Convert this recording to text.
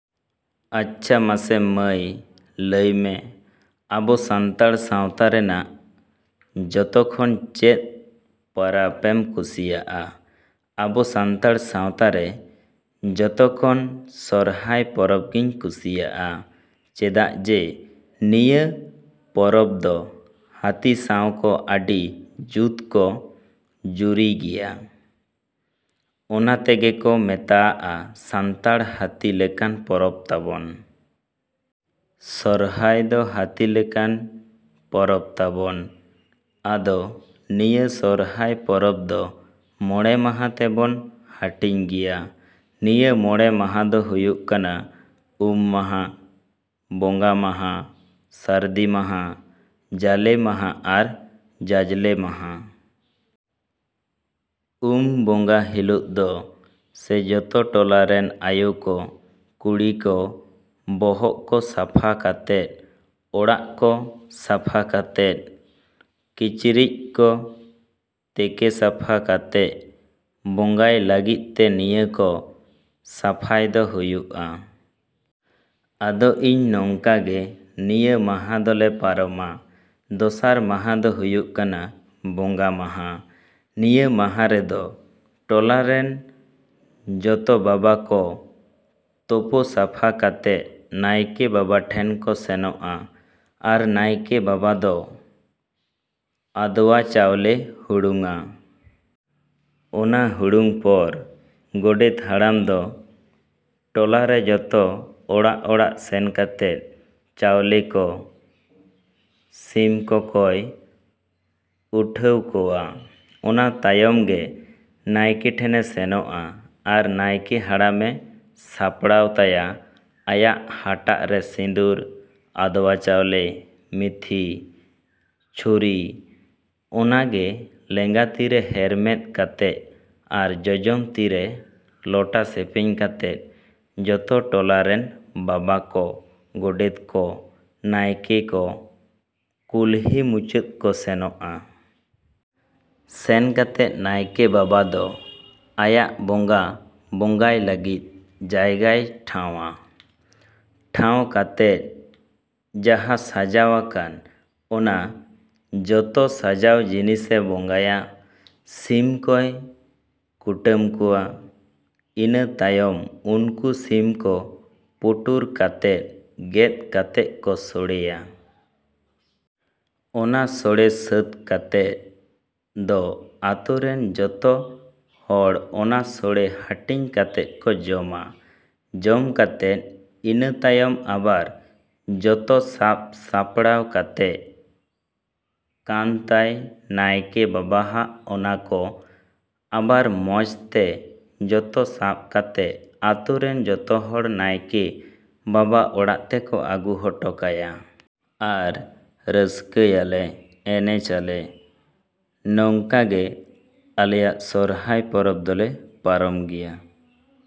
ᱟᱪᱷᱟ ᱢᱟᱥᱮ ᱢᱟᱹᱭ ᱞᱟᱹᱭ ᱢᱮ, ᱟᱵᱚ ᱥᱟᱱᱛᱟᱲ ᱥᱟᱶᱛᱟ ᱨᱮᱱᱟᱜ ᱡᱚᱛᱚ ᱠᱷᱚᱱ ᱪᱮᱫ ᱯᱟᱨᱟᱵᱽ ᱮᱢ ᱠᱩᱥᱤᱭᱟᱜᱼᱟ? ᱟᱵᱚ ᱥᱟᱱᱛᱟᱲ ᱥᱟᱶᱛᱟ ᱨᱮ ᱡᱚᱛᱚ ᱠᱷᱚᱱ ᱥᱚᱨᱦᱟᱭ ᱯᱚᱨᱚᱵᱽ ᱜᱮᱧ ᱠᱩᱥᱤᱭᱟᱜᱼᱟ᱾ ᱪᱮᱫᱟᱜ ᱡᱮ ᱱᱤᱭᱟᱹ ᱯᱚᱨᱚᱵᱽ ᱫᱚ ᱦᱟᱹᱛᱤ ᱥᱟᱶᱠᱚ ᱟᱹᱰᱤ ᱡᱩᱛ ᱠᱚ ᱡᱩᱨᱤᱭ ᱜᱮᱭᱟ, ᱚᱱᱟ ᱛᱮᱜᱮ ᱠᱚ ᱢᱮᱛᱟᱜᱼᱟ ᱥᱟᱱᱛᱟᱲ ᱦᱟᱹᱛᱤ ᱞᱮᱠᱟᱱ ᱯᱚᱨᱚᱵᱽ ᱛᱟᱵᱚᱱ᱾ ᱥᱚᱨᱦᱟᱭ ᱫᱚ ᱦᱟᱹᱛᱤ ᱞᱮᱠᱟᱱ ᱯᱚᱨᱚᱵᱽ ᱛᱟᱵᱚᱱ᱾ ᱟᱫᱚ ᱱᱤᱭᱟᱹ ᱥᱚᱨᱦᱟᱭ ᱯᱚᱨᱚᱵᱽ ᱫᱚ ᱢᱚᱬᱮ ᱢᱟᱦᱟ ᱛᱮᱵᱚᱱ ᱦᱟᱹᱴᱤᱧ ᱜᱮᱭᱟ᱾ ᱱᱤᱭᱟᱹ ᱢᱚᱬᱮ ᱢᱟᱦᱟ ᱫᱚ ᱦᱩᱭᱩᱜ ᱠᱟᱱᱟ ᱩᱢ ᱢᱟᱦᱟ, ᱵᱚᱸᱜᱟ ᱢᱟᱦᱟ, ᱥᱟᱹᱨᱫᱤ ᱢᱟᱦᱟ, ᱡᱟᱞᱮ ᱢᱟᱦᱟ ᱟᱨ ᱡᱟᱡᱞᱮ ᱢᱟᱦᱟ᱾ ᱩᱢ ᱵᱚᱸᱜᱟ ᱦᱤᱞᱳᱜ ᱫᱚ ᱥᱮ ᱡᱚᱛᱚ ᱴᱚᱞᱟ ᱨᱮᱱ ᱟᱭᱳ ᱠᱚ, ᱠᱩᱲᱤ ᱠᱚ ᱵᱚᱦᱚᱜ ᱠᱚ ᱥᱟᱯᱷᱟ ᱠᱟᱛᱮᱫ, ᱚᱲᱟᱜ ᱠᱚ ᱥᱟᱯᱷᱟ ᱠᱟᱛᱮᱫ, ᱠᱤᱪᱨᱤᱡ ᱠᱚ ᱛᱮᱠᱮ ᱥᱟᱯᱷᱟ ᱠᱟᱛᱮᱫ ᱵᱚᱸᱜᱟᱭ ᱞᱟᱹᱜᱤᱫ ᱛᱮ ᱱᱤᱭᱟᱹ ᱠᱚ ᱥᱟᱯᱷᱟᱭ ᱫᱚ ᱦᱩᱭᱩᱜᱼᱟ᱾ ᱟᱫᱚ ᱤᱧ ᱱᱚᱝᱠᱟ ᱜᱮ ᱱᱤᱭᱟᱹ ᱢᱟᱦᱟ ᱫᱚᱞᱮ ᱯᱟᱨᱚᱢᱟ᱾ ᱫᱚᱥᱟᱨ ᱢᱟᱦᱟ ᱫᱚ ᱦᱩᱭᱩᱜ ᱠᱟᱱᱟ ᱵᱚᱸᱜᱟ ᱢᱟᱦᱟ᱾ ᱱᱤᱭᱟᱹ ᱢᱟᱦᱟ ᱨᱮᱫᱚ ᱴᱚᱞᱟ ᱨᱮᱱ ᱡᱚᱛᱚ ᱵᱟᱵᱟ ᱠᱚ ᱛᱚᱯᱚ ᱥᱟᱯᱷᱟ ᱠᱟᱛᱮᱫ ᱱᱟᱭᱠᱮ ᱵᱟᱵᱟ ᱴᱷᱮᱱ ᱠᱚ ᱥᱮᱱᱚᱜᱼᱟ᱾ ᱟᱨ ᱱᱟᱭᱠᱮ ᱵᱟᱵᱟ ᱫᱚ ᱟᱫᱽᱣᱟ ᱪᱟᱣᱞᱮ ᱦᱩᱲᱩᱝᱼᱟ᱾ ᱚᱱᱟ ᱦᱩᱲᱩᱝ ᱯᱚᱨ ᱜᱚᱰᱮᱛ ᱦᱟᱲᱟᱢ ᱫᱚ ᱴᱚᱞᱟ ᱨᱮ ᱡᱚᱛᱚ ᱚᱲᱟᱜᱼᱚᱲᱟᱜ ᱥᱮᱱ ᱠᱟᱛᱮᱫ ᱪᱟᱣᱞᱮ ᱠᱚ, ᱥᱤᱢ ᱠᱚ ᱠᱚᱭ ᱩᱴᱷᱟᱹᱣ ᱠᱚᱣᱟ, ᱚᱱᱟ ᱛᱟᱭᱚᱢ ᱜᱮ ᱱᱟᱭᱠᱮ ᱴᱷᱮᱱᱮ ᱥᱮᱱᱚᱜᱼᱟ᱾ ᱟᱨ ᱱᱟᱭᱠᱮ ᱦᱟᱲᱟᱢ ᱮ ᱥᱟᱯᱲᱟᱣ ᱛᱟᱭᱟ ᱟᱭᱟᱜ ᱦᱟᱴᱟᱜ ᱨᱮ ᱥᱤᱸᱫᱩᱨ, ᱟᱫᱽᱣᱟ ᱪᱟᱣᱞᱮ, ᱢᱤᱛᱷᱤ, ᱪᱷᱩᱨᱤ ᱚᱱᱟᱜᱮ ᱞᱮᱸᱜᱟ ᱛᱤᱨᱮ ᱦᱮᱨᱢᱮᱫ ᱠᱟᱛᱮᱫ ᱟᱨ ᱡᱚᱡᱚᱢ ᱛᱤ ᱨᱮ ᱞᱚᱴᱟ ᱥᱮᱯᱮᱧ ᱠᱟᱛᱮᱫ, ᱡᱚᱛᱚ ᱴᱚᱞᱟ ᱨᱮᱱ ᱵᱟᱵᱟ ᱠᱚ, ᱜᱚᱰᱮᱛ ᱠᱚ, ᱱᱟᱭᱠᱮ ᱠᱚ ᱠᱩᱞᱦᱤ ᱢᱩᱪᱟᱹᱫ ᱠᱚ ᱥᱮᱱᱚᱜᱼᱟ᱾ ᱥᱮᱱ ᱠᱟᱛᱮᱫ ᱱᱟᱭᱠᱮ ᱵᱟᱵᱟ ᱫᱚ ᱟᱭᱟᱜ ᱵᱚᱸᱜᱟ ᱵᱚᱸᱜᱟᱭ ᱞᱟᱹᱜᱤᱫ ᱡᱟᱭᱜᱟᱭ ᱴᱷᱟᱶᱼᱟ᱾ ᱴᱷᱟᱶ ᱠᱟᱛᱮᱫ ᱡᱟᱦᱟᱸ ᱥᱟᱡᱟᱣ ᱟᱠᱟᱱ ᱚᱱᱟ ᱡᱚᱛᱚ ᱥᱟᱡᱟᱣ ᱡᱤᱱᱤᱥ ᱮ ᱵᱚᱸᱜᱟᱭᱟ᱾ ᱥᱤᱢ ᱠᱚᱭ ᱠᱩᱴᱟᱹᱢ ᱠᱚᱣᱟ, ᱤᱱᱟᱹ ᱛᱟᱭᱚᱢ ᱩᱱᱠᱩ ᱥᱤᱢ ᱠᱚ ᱯᱩᱴᱩᱨ ᱠᱟᱛᱮᱫ, ᱜᱮᱛ ᱠᱟᱛᱮᱫ ᱠᱚ ᱥᱚᱲᱮᱭᱟ᱾ ᱚᱱᱟ ᱥᱚᱲᱮ ᱥᱟᱹᱛ ᱠᱟᱛᱮᱫ ᱫᱚ ᱟᱹᱛᱳ ᱨᱮᱱ ᱡᱚᱛᱚ ᱦᱚᱲ ᱚᱱᱟ ᱥᱚᱲᱮ ᱦᱟᱹᱴᱤᱧ ᱠᱟᱛᱮᱫ ᱠᱚ ᱡᱚᱢᱟ᱾ ᱡᱚᱢ ᱠᱟᱛᱮᱫ ᱤᱱᱟᱹ ᱛᱟᱭᱚᱢ ᱟᱵᱟᱨ ᱡᱚᱛᱚ ᱥᱟᱯ ᱥᱟᱯᱲᱟᱣ ᱛᱟᱦᱮᱸ ᱠᱟᱱ ᱛᱟᱭ ᱱᱟᱭᱠᱮ ᱵᱟᱵᱟ ᱟᱜ ᱚᱱᱟ ᱠᱚ ᱟᱵᱟᱨ ᱢᱚᱸᱡᱽ ᱛᱮ ᱡᱚᱛᱚ ᱥᱟᱵ ᱠᱟᱛᱮᱫ ᱟᱹᱛᱳ ᱨᱮᱱ ᱡᱚᱛᱚ ᱦᱚᱲ ᱱᱟᱭᱠᱮ ᱵᱟᱵᱟ ᱚᱲᱟᱜ ᱛᱮᱠᱚ ᱟᱹᱜᱩ ᱦᱚᱴᱚ ᱠᱟᱭᱟ᱾ ᱟᱨ ᱨᱟᱹᱥᱠᱟᱹᱭ ᱟᱞᱮ, ᱮᱱᱮᱡ ᱟᱞᱮ᱾ ᱱᱚᱝᱠᱟ ᱜᱮ ᱟᱞᱮᱭᱟᱜ ᱥᱚᱨᱦᱟᱭ ᱯᱚᱨᱚᱵᱽ ᱫᱚᱞᱮ ᱯᱟᱨᱚᱢ ᱜᱮᱭᱟ᱾